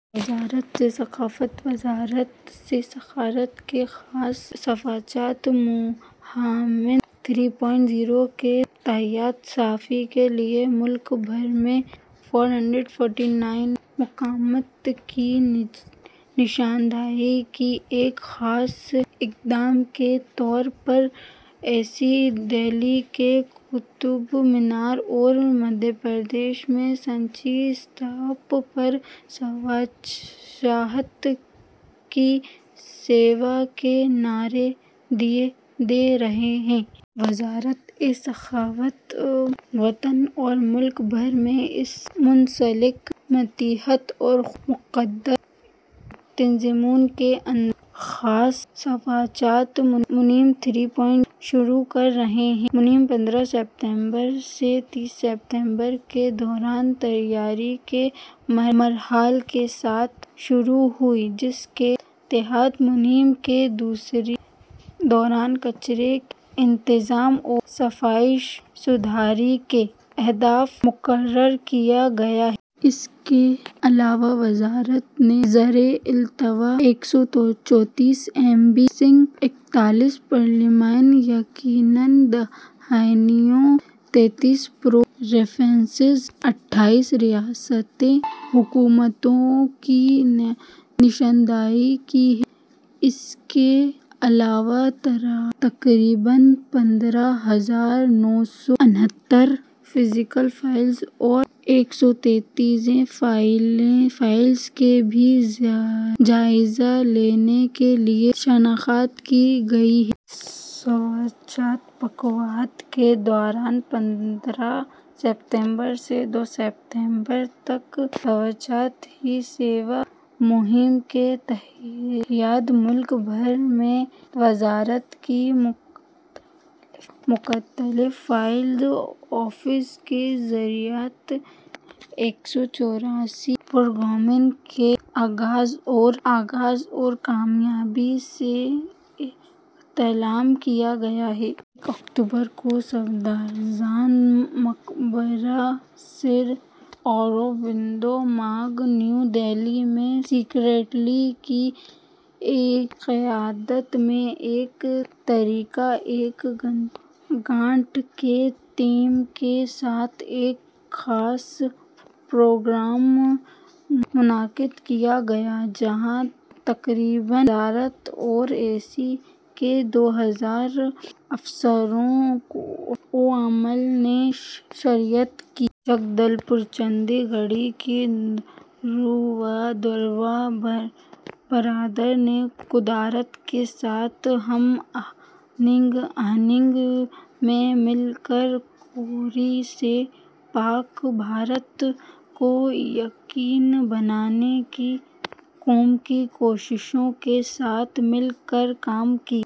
وزارت ثقافت۔ وزارت ثقافت نے خصوصی سوچھتا مہم تین اعشاریہ صفر کے تحت صفائی کے لیے ملک بھر میں چار سو انچاس مقامات کی نشاندہی کی۔ ایک خصوصی اقدام کے طور پر اے ایس آئی دہلی کے قطب مینار اور مدھیہ پردیش میں سانچی استوپا پر سوچھتا ہی سیوا کا نعرہ دے رہا ہے۔ وزارت ثقافت وزارت اور ملک بھر میں اس سے منسلک، ماتحت اور خود مختار تنظیموں کے اندر خصوصی سوچھتا مہم تین اعشاریہ صفر شروع کر رہی ہے۔ مہم پندرہ ستمبر سے تیس ستمبر کے دوران تیاری کے مرحلے کے ساتھ شروع ہوئی جس کے تحت مہم کے دوران کچرے کے بندوبست اور صفائی ستھرائی کے اہداف مقرر کیے گئے ہیں۔ اس کے علاوہ وزارت نے زیر التواء ایک سو چھہتر ایم پی ریفرنسز، اکتالیس پارلیمانی یقین دہانیوں، تینتیس پی ایم او ریفرنسز، اٹھائیس ریاستی حکومتوں کی نشاندہی کی ہے۔ اس کے علاوہ تقریباً پندرہ ہزار نو سو انہتر فزیکل فائلوں اور دو ہزار ایک سو تینتیس ای فائلوں کی بھی جائزہ لینے کے لیے شناخت کی گئی ہے۔ سوچھتا پکھواڑے کے دوران پندرہ ستمبر سے دو اکتوبر تک، سوچھتا ہی سیوا مہم کے تحت ملک بھر میں وزارت کے مختلف فیلڈ دفاتر کے ذریعے ایک سو چورانوے پروگراموں کا آغاز اور کامیابی کے ساتھ مکمل کیے گئے۔ یکم اکتوبر کو صفدر جنگ مقبرہ، سری اروبندو مارگ، نئی دہلی میں سکریٹری کی قیادت میں ایک تاریخ ایک گھنٹہ کے تھیم کے ساتھ ایک خصوصی پروگرام منعقد کیا گیا جہاں تقریباً وزارت اور اے ایس آئی کے دو سو افسران و عملہ نے شرکت کی۔ جگدل پور، چھتیس گڑھ کی دھروا برادری نے قدرت کے ساتھ ہم آہنگی کے ساتھ مل کر کوڑے سے پاک بھارت کو یقینی بنانے کی قوم کی کوششوں کے ساتھ مل کر کام کیا۔